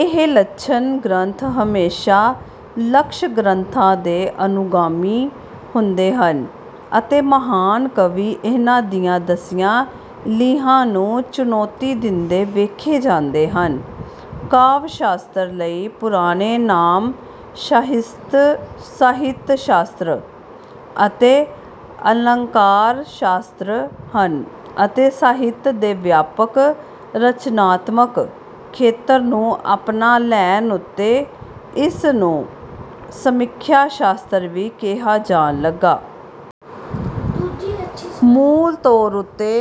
ਇਹ ਲੱਛਣ ਗ੍ਰੰਥ ਹਮੇਸ਼ਾ ਲਕਸ਼ ਗ੍ਰੰਥਾਂ ਦੇ ਅਨੁਗਾਮੀ ਹੁੰਦੇ ਹਨ ਅਤੇ ਮਹਾਨ ਕਵੀ ਇਹਨਾਂ ਦੀਆਂ ਦਸੀਆਂ ਲੀਹਾਂ ਨੂੰ ਚੁਣੌਤੀ ਦਿੰਦੇ ਵੇਖੇ ਜਾਂਦੇ ਹਨ। ਕਾਵਿ ਸ਼ਾਸਤਰ ਲਈ ਪੁਰਾਣੇ ਨਾਮ ਸਾਹਿਤਸ਼ਾਸਤਰ ਅਤੇਅਲੰਕਾਰਸ਼ਾਸਤਰ ਹਨ ਅਤੇ ਸਾਹਿਤ ਦੇ ਵਿਆਪਕ ਰਚਨਾਤਮਕ ਖੇਤਰ ਨੂੰ ਅਪਣਾ ਲੈਣ ਉੱਤੇ ਇਸਨੂੰ ਸਮੀਖਿਆ ਸ਼ਾਸਤਰ ਵੀ ਕਿਹਾ ਜਾਣ ਲੱਗਾ। ਮੂਲ ਤੌਰ ਉੱਤੇ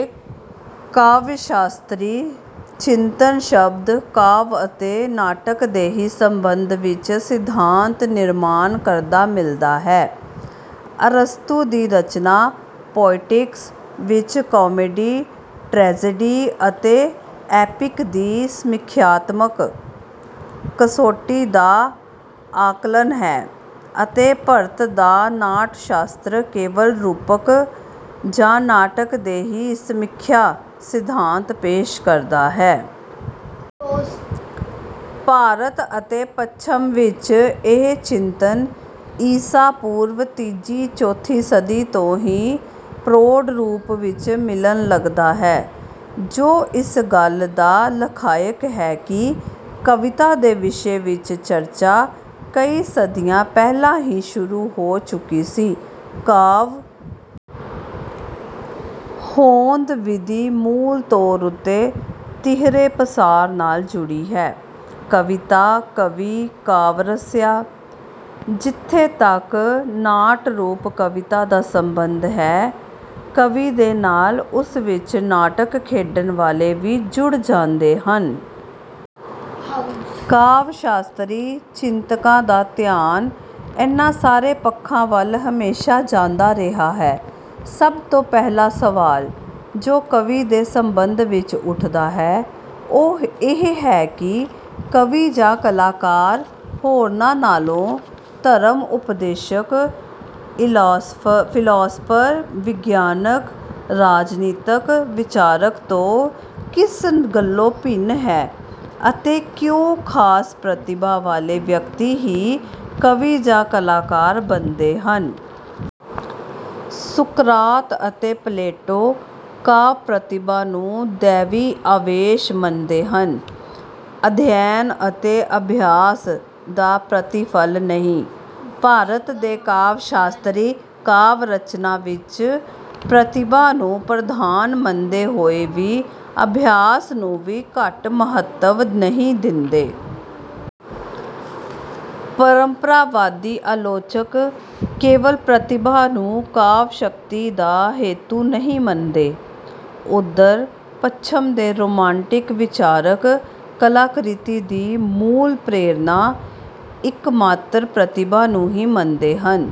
ਕਾਵਿ ਸ਼ਾਸਤਰੀ ਚਿੰਤਨ ਸ਼ਬਦ ਕਾਵਿ ਅਤੇ ਨਾਟਕ ਦੇ ਹੀ ਸੰਬੰਧ ਵਿੱਚ ਸਿਧਾਂਤ ਨਿਰਮਾਣ ਕਰਦਾ ਮਿਲਦਾ ਹੈ। ਅਰਸਤੂ ਦੀ ਰਚਨਾ ਪੋਇਟਿਕਸ ਵਿੱਚ ਕਾਮੇਡੀ, ਟਰੈਜੇਡੀ, ਅਤੇ ਐਪਿਕ ਦੀ ਸਮੀਖਿਆਤਮਕ ਕਸੌਟੀ ਦਾ ਆਕਲਨ ਹੈ ਅਤੇ ਭਰਤ ਦਾ ਨਾਟਸ਼ਾਸਤਰ ਕੇਵਲ ਰੂਪਕ ਜਾਂ ਨਾਟਕ ਦੇ ਹੀ ਸਮੀਖਿਆ ਸਿਧਾਂਤ ਪੇਸ਼ ਕਰਦਾ ਹੈ। ਭਾਰਤ ਅਤੇ ਪੱਛਮ ਵਿੱਚ ਇਹ ਚਿੰਤਨ ਈਸਾ ਪੂਰਵ ਤੀਜੀ ਚੌਥੀ ਸਦੀ ਤੋਂ ਹੀ ਪ੍ਰੋਢ ਰੂਪ ਵਿੱਚ ਮਿਲਣ ਲੱਗਦਾ ਹੈ ਜੋ ਇਸ ਗੱਲ ਦਾ ਲਖਾਇਕ ਹੈ ਕਿ ਕਵਿਤਾ ਦੇ ਵਿਸ਼ੇ ਵਿੱਚ ਚਰਚਾ ਕਈ ਸਦੀਆਂ ਪਹਿਲਾਂ ਹੀ ਸ਼ੁਰੂ ਹੋ ਚੁੱਕੀ ਸੀ। ਕਾਵਿ ਹੋਂਦ ਵਿਧੀ ਮੂਲ ਤੌਰ ਉੱਤੇ ਤੀਹਰੇ ਪਸਾਰ ਨਾਲ ਜੁੜੀ ਹੈ। ਕਵਿਤਾ, ਕਵੀ, ਕਾਵਿ ਰਸੀਆ। ਜਿੱਥੇ ਤੱਕ ਨਾਟਰੂਪ ਕਵਿਤਾ ਦਾ ਸੰਬੰਧ ਹੈ, ਕਵੀ ਦੇ ਨਾਲ ਉਸ ਵਿੱਚ ਨਾਟਕ ਖੇਡਣ ਵਾਲੇ ਵੀ ਜੁੜ ਜਾਂਦੇ ਹਨ। ਕਾਵਿ ਸ਼ਾਸਤਰੀ ਚਿੰਤਕਾਂ ਦਾ ਧਿਆਨ ਇਨ੍ਹਾਂ ਸਾਰੇ ਪੱਖਾਂ ਵੱਲ ਹਮੇਸ਼ਾ ਜਾਂਦਾ ਰਿਹਾ ਹੈ। ਸਭ ਤੋਂ ਪਹਿਲਾ ਸਵਾਲ ਜੋ ਕਵੀ ਦੇ ਸੰਬੰਧ ਵਿੱਚ ਉੱਠਦਾ ਹੈ, ਉਹ ਇਹ ਹੈ ਕਿ ਕਵੀ ਜਾਂ ਕਲਾਕਾਰ ਹੋਰਨਾਂ ਨਾਲੋਂ, ਧਰਮ ਉਪਦੇਸ਼ਕ, ਫਿਲਾਸਫਰ, ਵਿਗਿਆਨਕ, ਰਾਜਨੀਤਕ ਵਿਚਾਰਕ ਤੋਂ ਕਿਸ ਗੱਲੋਂ ਭਿੰਨ ਹੈ, ਅਤੇ ਕਿਉਂ ਖਾਸ ਪ੍ਰਤਿਭਾ ਵਾਲੇ ਵਿਅਕਤੀ ਹੀ ਕਵੀ ਜਾਂ ਕਲਾਕਾਰ ਬਣਦੇ ਹਨ। ਸੁਕਰਾਤ ਅਤੇ ਪਲੇਟੋ ਕਾਵਿ ਪ੍ਰਤਿਭਾ ਨੂੰ ਦੈਵੀ ਆਵੇਸ਼ ਮੰਨਦੇ ਹਨ, ਅਧਿਐਨ ਅਤੇ ਅਭਿਆਸ ਦਾ ਪ੍ਰਤੀਫਲ ਨਹੀਂ। ਭਾਰਤ ਦੇ ਕਾਵਿ ਸ਼ਾਸਤਰੀ ਕਾਵਿ ਰਚਨਾ ਵਿੱਚ ਪ੍ਰਤਿਭਾ ਨੂੰ ਪ੍ਰਧਾਨ ਮੰਨਦੇ ਹੋਏ ਵੀ ਅਭਿਆਸ ਨੂੰ ਵੀ ਘੱਟ ਮਹੱਤਵ ਨਹੀਂ ਦਿੰਦੇ। ਪਰੰਪਰਾਵਾਦੀ ਆਲੋਚਕ ਕੇਵਲ ਪ੍ਰਤਿਭਾ ਨੂੰ ਕਾਵਿ ਸ਼ਕਤੀ ਦਾ ਹੇਤੁ ਨਹੀਂ ਮੰਨਦੇ। ਉੱਧਰ ਪੱਛਮ ਦੇ ਰੋਮਾਂਟਿਕ ਵਿਚਾਰਕ ਕਲਾਕ੍ਰਿਤੀ ਦੀ ਮੂਲ ਪ੍ਰੇਰਨਾ ਇੱਕਮਾਤਰ ਪ੍ਰਤਿਭਾ ਨੂੰ ਹੀ ਮੰਨਦੇ ਹਨ।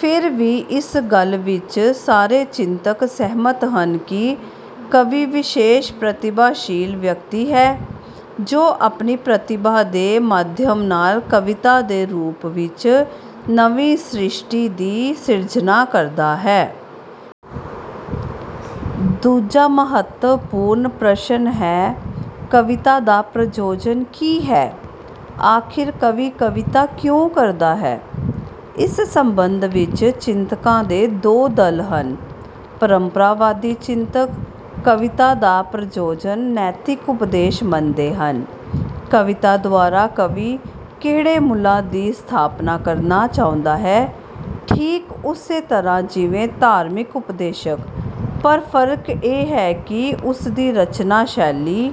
ਫਿਰ ਵੀ ਇਸ ਗੱਲ ਵਿੱਚ ਸਾਰੇ ਚਿੰਤਕ ਸਹਿਮਤ ਹਨ ਕਿ ਕਵੀ ਵਿਸ਼ੇਸ਼ ਪ੍ਰਤਿਭਾਸ਼ੀਲ ਵਿਅਕਤੀ ਹੈ ਜੋ ਆਪਣੀ ਪ੍ਰਤਿਭਾ ਦੇ ਮਾਧਿਅਮ ਨਾਲ ਕਵਿਤਾ ਦੇ ਰੂਪ ਵਿੱਚ ਨਵੀਂ ਸ੍ਰਿਸ਼ਟੀ ਦੀ ਸਿਰਜਨਾ ਕਰਦਾ ਹੈ। ਦੂਜਾ ਮਹੱਤਵਪੂਰਨ ਪ੍ਰਸ਼ਨ ਹੈ, ਕਵਿਤਾ ਦਾ ਪ੍ਰਯੋਜਨ ਕੀ ਹੈ। ਆਖਿਰ ਕਵੀ ਕਵਿਤਾ ਕਿਉਂ ਕਰਦਾ ਹੈ। ਇਸ ਸੰਬੰਧ ਵਿੱਚ ਚਿੰਤਕਾਂ ਦੇ ਦੋ ਦਲ ਹਨ। ਪਰੰਪਰਾਵਾਦੀ ਚਿੰਤਕ ਕਵਿਤਾ ਦਾ ਪ੍ਰਯੋਜਨ ਨੈਤਿਕ ਉਪਦੇਸ਼ ਮੰਨਦੇ ਹਨ। ਕਵਿਤਾ ਦੁਆਰਾ ਕਵੀ ਕਿਹੜੇ ਮੁੱਲਾਂ ਦੀ ਸਥਾਪਨਾ ਕਰਨਾ ਚਾਹੁੰਦਾ ਹੈ, ਠੀਕ ਉਸੇ ਤਰ੍ਹਾਂ ਜਿਵੇਂ ਧਾਰਮਿਕ ਉਪਦੇਸ਼ਕ। ਪਰ ਫਰਕ ਇਹ ਹੈ ਕਿ ਉਸਦੀ ਰਚਨਾ ਸ਼ੈਲੀ